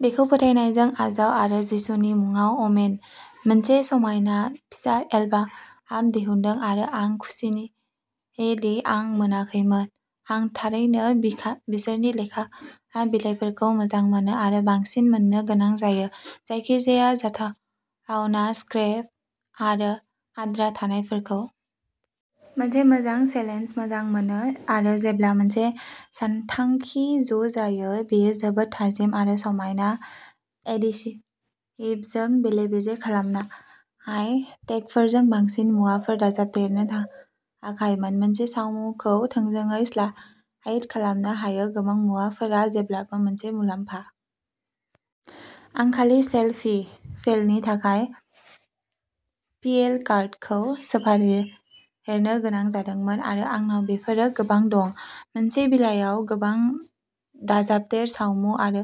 बेखौ फोथायनायजों आजाव आरो जिसुनि मुङाव आमेन। मोनसे समायना फिसा एलबाम दिहुनदों आरो आं खुसिदि आं मोनाखैमोन। आं थारैनो बिसोरनि लेखा बिलाइफोरखौ मोजां मोनो आरो बांसिन मोननो गोनां जायो। जायखिजाया जाथावना स्क्रेप आरो आद्रा थानायफोरखौ। मोनसे मोजां चेलेन्ज मोजां मोनो आरो जेब्ला मोनसे सानथांखि ज' जायो। बेयो जोबोद थाजिम आरो समायना एडेसिभजों बेले-बेजे खालामनाय. टेगफोरजों बांसिन मुवाफोर दाजाबदेरनो थाखायमोन। मोनसे सावमुखौ थोंजोङै स्लाइड खालामनो हायो। गोबां मुवाफोरा जेब्लाबो मोनसे मुलाम्फा। आं खालि सेलफि फेलनि थाखाय पिएल कार्डखौ सोफादेरनो गोनां जादोंमोन। आरो आंनाव बेफोरो गोबां दं। मोनसे बिलाइयाव गोबां दाजाबदेर। सावमु आरो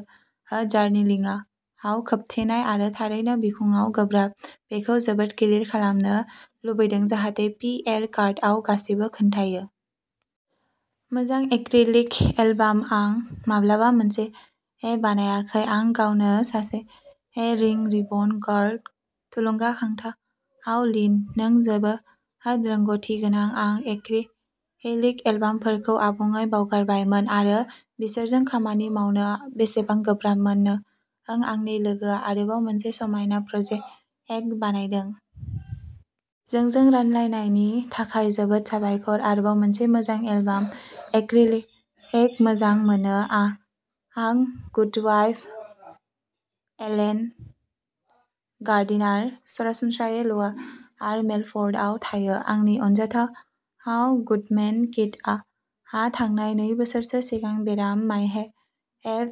जार्नालिङाव खोबथेनाय आरो थारैनो बिखुंआ गोब्राब। बेखौ जोबोद गिलिर खालामनो लुबैदों जाहाथे पि एल कार्डआ गासिबो खोन्थायो। मोजां एक्रिलिक एलबाम आं माब्लाबा मोनसे बानायाखै। आं गावनो सासे रिं रिबन गार्ल। थुलुंगाखांथाव लिन, नों जोबोद रोंग'थि गोनां आं एक्रिलिक एलबामफोरखौ आबुङै बावगारबायमोन आरो बिसोरजों खामानि मावनो बेसेबां गोब्राबमोन, नों आंनि लोगोआ आरोबाव मोनसे समायना प्रजेक्ट बानायदों। जोंजों रानलायनायनि थाखाय जोबोद साबायखर। आरोबाव मोनसे मोजां एलबाम, एक्रिलिक मोजां मोनो आं गुडवाइफ एलेन गार्डिनार, सरासनस्रायै ल'वार मेलफर्डआव थायो। आंनि अनजाथाव गुडमेन किटआ थांनाय नै बोसोरसो सिगां बेराम, मायहेप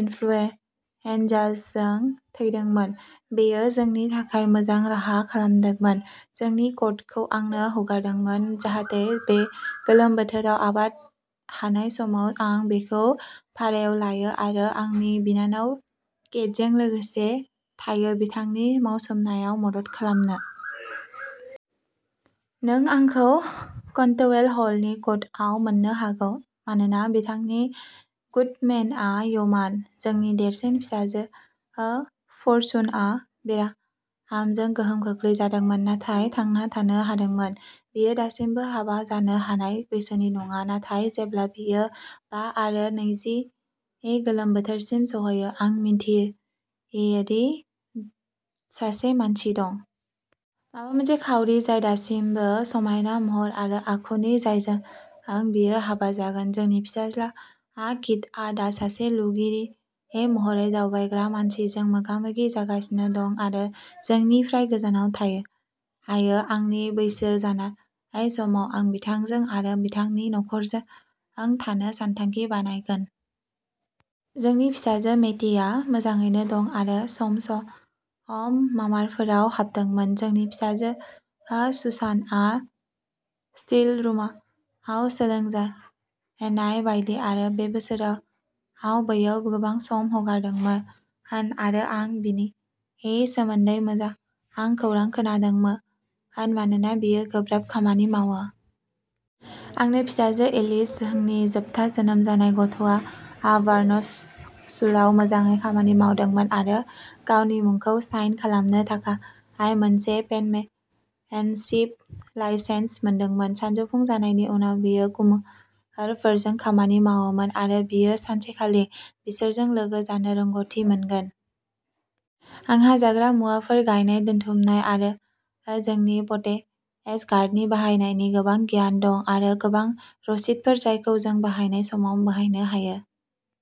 इन्फ्लुयेनजाजों थैदोंमोन। बियो जोंनि थाखाय मोजां राहा खालामदोंमोन, जोंनि क'टखौ आंनो हगारदोंमोन जाहाथे बे गोलोम बोथोराव आबाद हानाय समाव आं बेखौ भारायाव लायो आरो आंनि बिनानाव केटजों लोगोसे थायो बिथांनि मावसोमनायाव मदद खालामनो। नों आंखौ केन्टवेल हलनि क'टआव मोननो हागौ, मानोना बिथांनि गुडमेनआ य'मान। जोंनि देरसिन फिसाजो फर्चुनआ बेरामजों गोहोम खोख्लैजादोंमोन, नाथाय थांना थानो हादोंमोन। बियो दासिमबो हाबा जानो हानाय बैसोनि नङा, नाथाय जेब्ला बियो बा आरो नैजि गोलोम बोथोरसिम सौहैयो, आं मिजिंथियो दि सासे मानसि दं। माबा मोनसे खाउरि जाय दासिमबो समायना महर आरो आखुनि जायजों बियो हाबा जागोन। जोंनि फिसाज्ला किटआ दा सासे लुगिरि महरै दावबायग्रा मानसिजों मोगामोगि जागासिनो दं आरो जोंनिफ्राय गोजानाव थायो। आंनि बैसो जानाय समाव आं बिथांजों आरो बिथांनि नख'रजों थानो सानथांखि बानायगोन। जोंनि फिसाजो मेटिआ मोजाङैनो दं आरो सम सम मामारफोराव हाबदोंमोन। जोंनि फिसाजो सुसानाआ स्टिलरुमाव सोलोंजेननाय बायदि आरो बे बोसोराव बैयाव गोबां सम हगारदोंमोन आरो आं बिनि सोमोन्दै मोजां खौरां खोनादोंमोन मानोना बियो गोब्राब खामानि मावो। आंनि फिसाजो एलिस, जोंनि जोबथा जोनोम जानाय गथ'आ बार्नसचुलाव मोजाङै खामानि मावदोंमोन, आरो गावनि मुंखौ साइन खालामनो थाखाय मोनसे पेनमेनशिप लाइसेन्स मोनदोंमोन। सानजौफु जानायनि उनाव बियो कुमोरफोरजों खामानि मावोमोन, आरो बियो सानसेखालि बिसोरजों लोगो जानो रोंग'थि मोनगोन। आंहा जाग्रा मुवाफोर गायनाय दोनथुमनाय आरो जोंनि पटेज गार्डेननि बाहायनायनि गोबां गियान दं, आरो गोबां रसिदफोर जायखौ जों बाहायनाय समाव बाहायनो हायो।